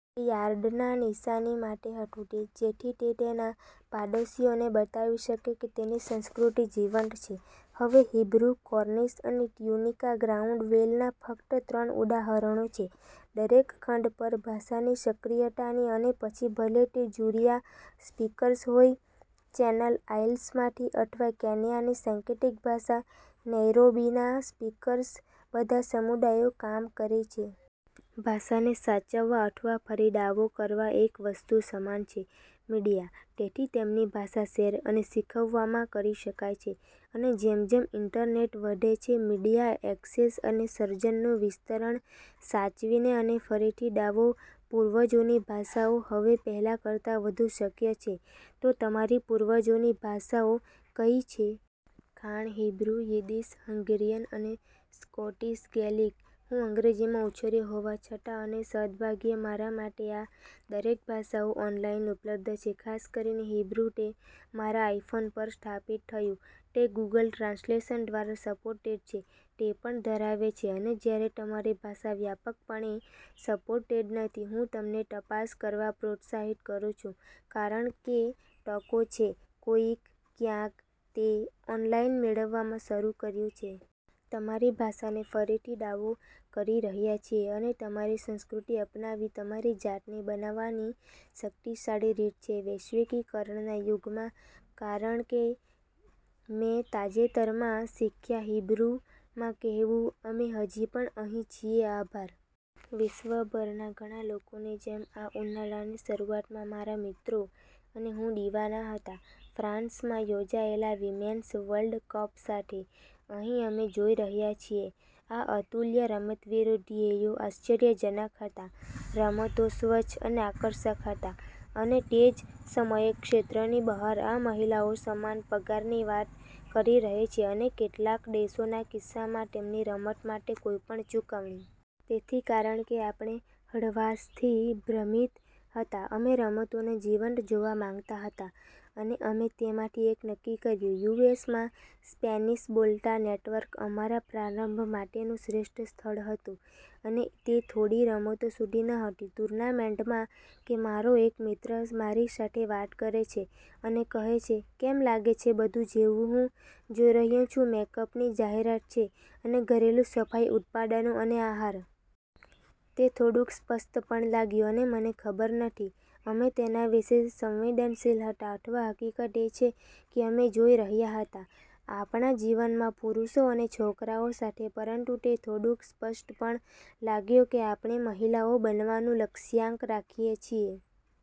તે યાર્ડના નિશાની માટે હતું, જેથી તે તેના પડોશીઓને બતાવી શકે કે તેની સંસ્કૃતિ જીવંત છે. હવે હીબ્રુ, કોર્નિશ અને ટ્યુનિકા ગ્રાઉન્ડવેલના ફક્ત ત્રણ ઉદાહરણો છે. દરેક ખંડ પર ભાષાની સક્રિયતાની અને પછી ભલે તે જુરીયા સ્પીકર્સ હોય ચેનલ આઇલ્સમાંથી અથવા કેન્યાની સાંકેતિક ભાષા નૈરોબીના સ્પીકર્સ બધા સમુદાયો કામ કરે છે. ભાષાને સાચવવા અથવા ફરી દાવો કરવા એક વસ્તુ સમાન છે મીડિયા, તેથી તેમની ભાષા શેર અને શીખવવામાં કરી શકાય છે અને જેમ જેમ ઇન્ટરનેટ વધે છે.મીડિયા એક્સેસ અને સર્જનનું વિસ્તરણ, સાચવીને અને ફરીથી દાવો પૂર્વજોની ભાષાઓ હવે પહેલાં કરતાં વધુ શક્ય છે, તો તમારી પૂર્વજોની ભાષાઓ કઈ છે? ખાણ હીબ્રુ, યિદ્દિશ, હંગેરિયન અને સ્કોટિશ ગેલિક, હું અંગ્રેજીમાં ઉછર્યો હોવા છતાં અને સદભાગ્યે મારા માટેઆ દરેક ભાષાઓ ઓનલાઇન ઉપલબ્ધ છે. ખાસ કરીને હીબ્રુ તે મારા આઇફોન પર સ્થાપિત થયું, તે ગૂગલ ટ્રાન્સલેશન દ્વારા સપોર્ટેડ છે, તે પણ ધરાવે છે અને જ્યારે તમારી ભાષા વ્યાપકપણે સપોર્ટેડ નથી હું તમને તપાસ કરવા પ્રોત્સાહિત કરું છું, કારણ કે તકો છે, કોઈક, ક્યાંક, તે ઓનલાઇન મેળવવામાં શરૂ કર્યું છે. તમારી ભાષાને ફરીથી દાવો કરી રહ્યા છીએ અને તમારી સંસ્કૃતિ અપનાવી તમારી જાતને બનવાની શક્તિશાળી રીત છે વૈશ્વિકરણના યુગમાં, કારણ કે મેં તાજેતરમાં શીખ્યા હીબ્રુ માં કહેવું, અમે હજી પણ અહીં છીએ. આભાર. વિશ્વભરના ઘણા લોકોની જેમ, આ ઉનાળાની શરૂઆતમાં મારા મિત્રો અને હું દિવાના હતા ફ્રાન્સમાં યોજાયેલા વિમેન્સ વર્લ્ડ કપ સાથે. અહીં અમે જોઈ રહ્યા છીએ આ અતુલ્ય રમતવીરો, ધ્યેયો આશ્ચર્યજનક હતા, રમતો સ્વચ્છ અને આકર્ષક હતા, અને તે જ સમયે, ક્ષેત્રની બહાર, આ મહિલાઓ સમાન પગારની વાત કરી રહી છે, અને કેટલાક દેશોના કિસ્સામાં, તેમની રમત માટે કોઈપણ ચૂકવણી. તેથી, કારણ કે આપણે હળવાશથી ભ્રમિત હતા, અમે રમતોને જીવંત જોવા માંગતા હતા, અને અમે તેમાંથી એક નક્કી કર્યું યુ. એસ. માં સ્પેનિશ બોલતા નેટવર્ક અમારા પ્રારંભ માટેનું શ્રેષ્ઠ સ્થળ હતું. અને તે થોડી રમતો સુધી ન હતી ટૂર્નામેન્ટમાં કે મારો એક મિત્ર મારી સાથે વાત કરે છે અને કહે છે, "કેમ લાગે છે બધું જેવું હું જોઈ રહ્યો છું મેકઅપની જાહેરાત છે અને ઘરેલું સફાઈ ઉત્પાદનો અને આહાર? " તે થોડુંક સ્પષ્ટ પણ લાગ્યું, અને મને ખબર નથી અમે તેના વિશે સંવેદનશીલ હતા અથવા હકીકત એ છે કે અમે જોઈ રહ્યા હતા આપણા જીવનમાં પુરુષો અને છોકરાઓ સાથે, પરંતુ તે થોડુંક સ્પષ્ટ પણ લાગ્યું કે આપણે મહિલાઓ બનવાનું લક્ષ્યાંક રાખીએ છીએ.